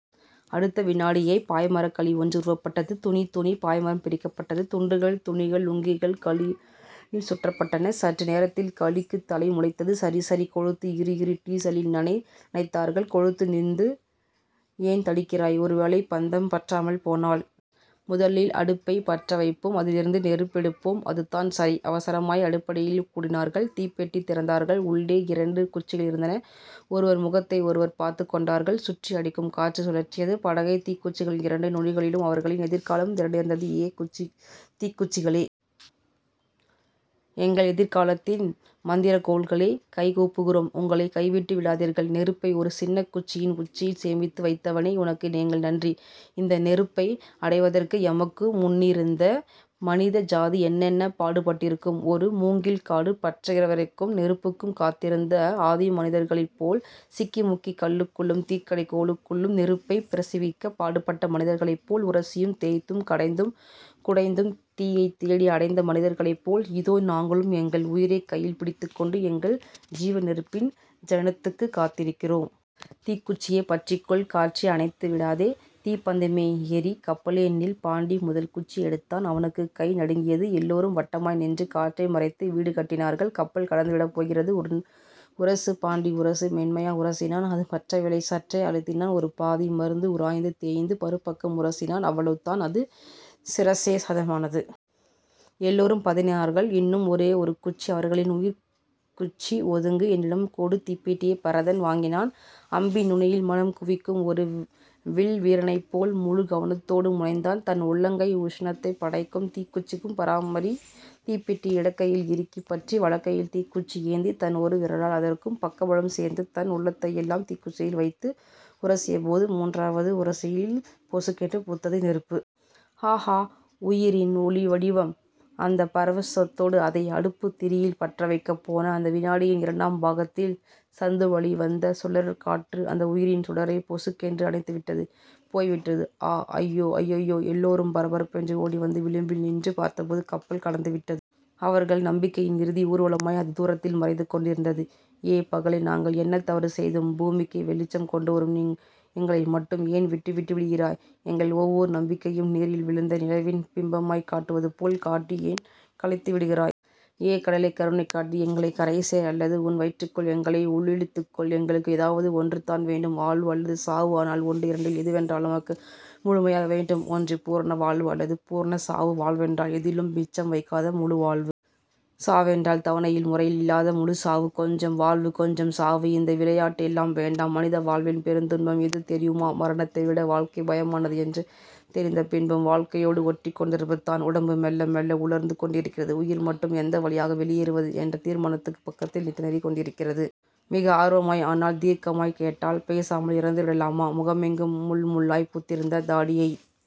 அடுத்த விநாடியே பாய்மரக்கழி ஒன்று உருவப்பட்டது. துணி. துணி. பாய்மரம் பிரிக்கப்பட்டது. துண்டுகள் துணிகள் லுங்கிகள் கழியில் சுற்றப்பட்டன. சற்று நேரத்தில் கழிக்குத் தலை முளைத்தது. சரி... சரி. கொளுத்து. இரு... இரு. டீசலில் நனை. நனைத்தார்கள். கொளுத்து. நிறுத்து. ஏன் தடுக்கிறாய்? ஒருவேளை பந்தம் பற்றாமல் போனால்..? முதலில் அடுப்பைப் பற்றவைப்போம். அதிலிருந்து நெருப்பெடுப்போம். அதுதான் சரி. அவசரமாய் அடுப்படியில் கூடினார்கள். தீப்பெட்டி திறந்தார்கள். உள்ளே இரண்டே குச்சிகள் இருந்தன. ஒருவர் முகத்தை ஒருவர் பார்த்துக் கொண்டார்கள். சுற்றி அடிக்கும் காற்று சுழற்றியது படகை. தீக்குச்சிகளின் இரண்டு நுனிகளிலும் அவர்களின் எதிர்காலம் திரண்டிருந்தது ஏ தீக்குச்சிகளே. எங்கள் எதிர்காலத்தின் மந்திரக்கோல்களே. கைகூப்புகிறோம் உங்களை, கைவிட்டு விடாதீர்கள். நெருப்பை ஒரு சின்னக்குச்சியின் உச்சியில் சேமித்து வைத்தவனே. உனக்கு எங்கள் நன்றி. இந்த நெருப்பை அடைவதற்கு எமக்கு முன்னிருந்த மனிதஜாதி என்னென்ன பாடுபட்டிருக்கும்? ஒரு முங்கில்காடு பற்றுகிறவரைக்கும் நெருப்புக்குக் காத்திருந்த ஆதிமனிதர்களைப் போல் சிக்கிமுக்கிக் கல்லுக்குள்ளும் தீக்கடைகோலுக்குள்ளும் நெருப்பைப் பிரசிவிக்கப் பாடுபட்ட மனிதர்களைப் போல் உரசியும் தேய்த்தும் கடைந்தும் குடைந்தும் தீயைத்தேடி அடைந்த மனிதர்களைப்போல் இதோ நாங்களும் எங்கள் உயிரைக் கையில் பிடித்துக் கொண்டு, எங்கள் ஜீவநெருப்பின் ஜனனத்துக்குக் காத்திருக்கிறோம். தீக்குச்சியே பற்றிக்கொள். காற்றே அணைத்துவிடாதே. தீப்பந்தமே எரி. கப்பலே நில். பாண்டி முதல் குச்சியை எடுத்தான், அவனுக்குக் கை நடுங்கியது. எல்லோரும் வட்டமாய் நின்று காற்றை மறைத்து வீடு கட்டினார்கள். கப்பல் கடந்துவிடப்போகிறது.. உரசு பாண்டி. உரசு. மென்மையாய் உரசினான். அது பற்றவில்லை. சற்றே அழுத்தினான், ஒரு பாதி மருந்து உராய்ந்து தேய்ந்தது, மறுபக்கம் உரசினான், அவ்வளவுதான், அது சிரச்சேதமானது. எல்லோரும் பதறினார்கள். இன்னும் ஒரே ஒரு குச்சி.. அவர்களின் உயிர்க்குச்சி. ஒதுங்கு. என்னிடம் கொடு தீப்பெட்டியைப் பரதன் வாங்கினான். அம்பின் நுனியில் மனம் குவிக்கும் ஒரு வில்வீரனைப்போல முழு கவனத்தோடு முனைந்தான். தன் உள்ளங்கை உஷணத்தைப் பட்டைக்கும் தீக்குச்சிக்கும் பரிமாறித் தீப்பெட்டியை இடக்கையில் இறுக்கிப் பற்றி, வலக்கையில் தீக்குச்சி ஏந்தித் தன் ஒரு விரலால் அதற்குப் பக்கபலம் சேர்த்துத் தன் உள்ளத்தையெல்லாம் தீக்குச்சியில் வைத்து உரசியபோது முன்றாவது உரசலில் பொசுக்கென்று பூத்தது நெருப்பு. ஆகா. உயிரின் ஒளிவடிவம். அந்தப் பரவசத்தோடு அதை அடுப்புத் திரியில் பற்றவைக்கப் போன அந்த விநாடியின் இரண்டாம் பாகத்தில், சந்துவழி வந்த சுழற்காற்று அந்த உயிரின் சுடரைப் பொசுக்கென்று அணைத்துவிட்டுப் போய்விட்டது. ஆ. அய்யோ. அய்யய்யோ. எல்லோரும் பரபரவென்று ஒடிவந்து விளிம்பில் நின்று பார்த்தபோது கப்பல் கடந்துவிட்டது. அவர்கள் நம்பிக்கையின் இறுதி ஊர்வலமாய் அது தூரத்தில் மறைந்துகொண்டிருந்தது. ஏ பகலே. நாங்கள் என்ன தவறு செய்தோம்? பூமிக்கே வெளிச்சம் கொண்டுவரும் நீ, எங்களை மட்டும் ஏன் விட்டுவிட்டு விடிகிறாய்? எங்கள் ஒவ்வொரு நம்பிக்கையையும் நீரில் விழுந்த நிலவின் பிம்பமாய்க் காட்டுவதுபோல் காட்டி ஏன் கலைத்துவிடுகிறாய்? ஏ கடலே. கருணை காட்டி எங்களைக் கரைசேர்... அல்லது உன் வயிற்றுக்குள் எங்களை உள்ளிழுத்துக்கொள். எங்களுக்கு ஏதாவது ஒன்றுதான் வேண்டும் வாழ்வு அல்லது சாவு. ஆனால் ஒன்று இரண்டில் எதுவென்றாலும், எமக்கு முழுமையாய் வேண்டும். ஒன்று பூரண வாழ்வு அல்லது பூரணச் சாவு. வாழ்வென்றால் எதிலும் மிச்சம் வைக்காத முழுவாழ்வு. சாவென்றால் தவணை முறையில் இல்லாத முழுச்சாவு. கொஞ்சம் வாழ்வு கொஞ்சம் சாவு... இந்த விளையாட்டெல்லாம் வேண்டாம். மனித வாழ்வின் பெருந்துன்பம் எது தெரியுமா? மரணத்தைவிட வாழ்க்கை பயமானது என்று தெரிந்த பின்பும், வாழ்க்கையோடு ஒட்டிக்கொண்டிருப்பதுதான். உடம்பு மெல்ல மெல்ல உலர்ந்து கொண்டிருக்கிறது. உயிர் மட்டும் எந்த வழியாக வெளியேறுவது என்ற தீர்மானத்துக்குப் பக்கத்தில் திணறிக் கொண்டிருக்கிறது. மிக ஆர்வமாய் ஆனால், தீர்க்கமாய்க் கேட்டாள் பேசாமல் இறந்துவிடலாமா? முகமெங்கும் முள்முள்ளாய்ப் பூத்திருந்த தாடியைத்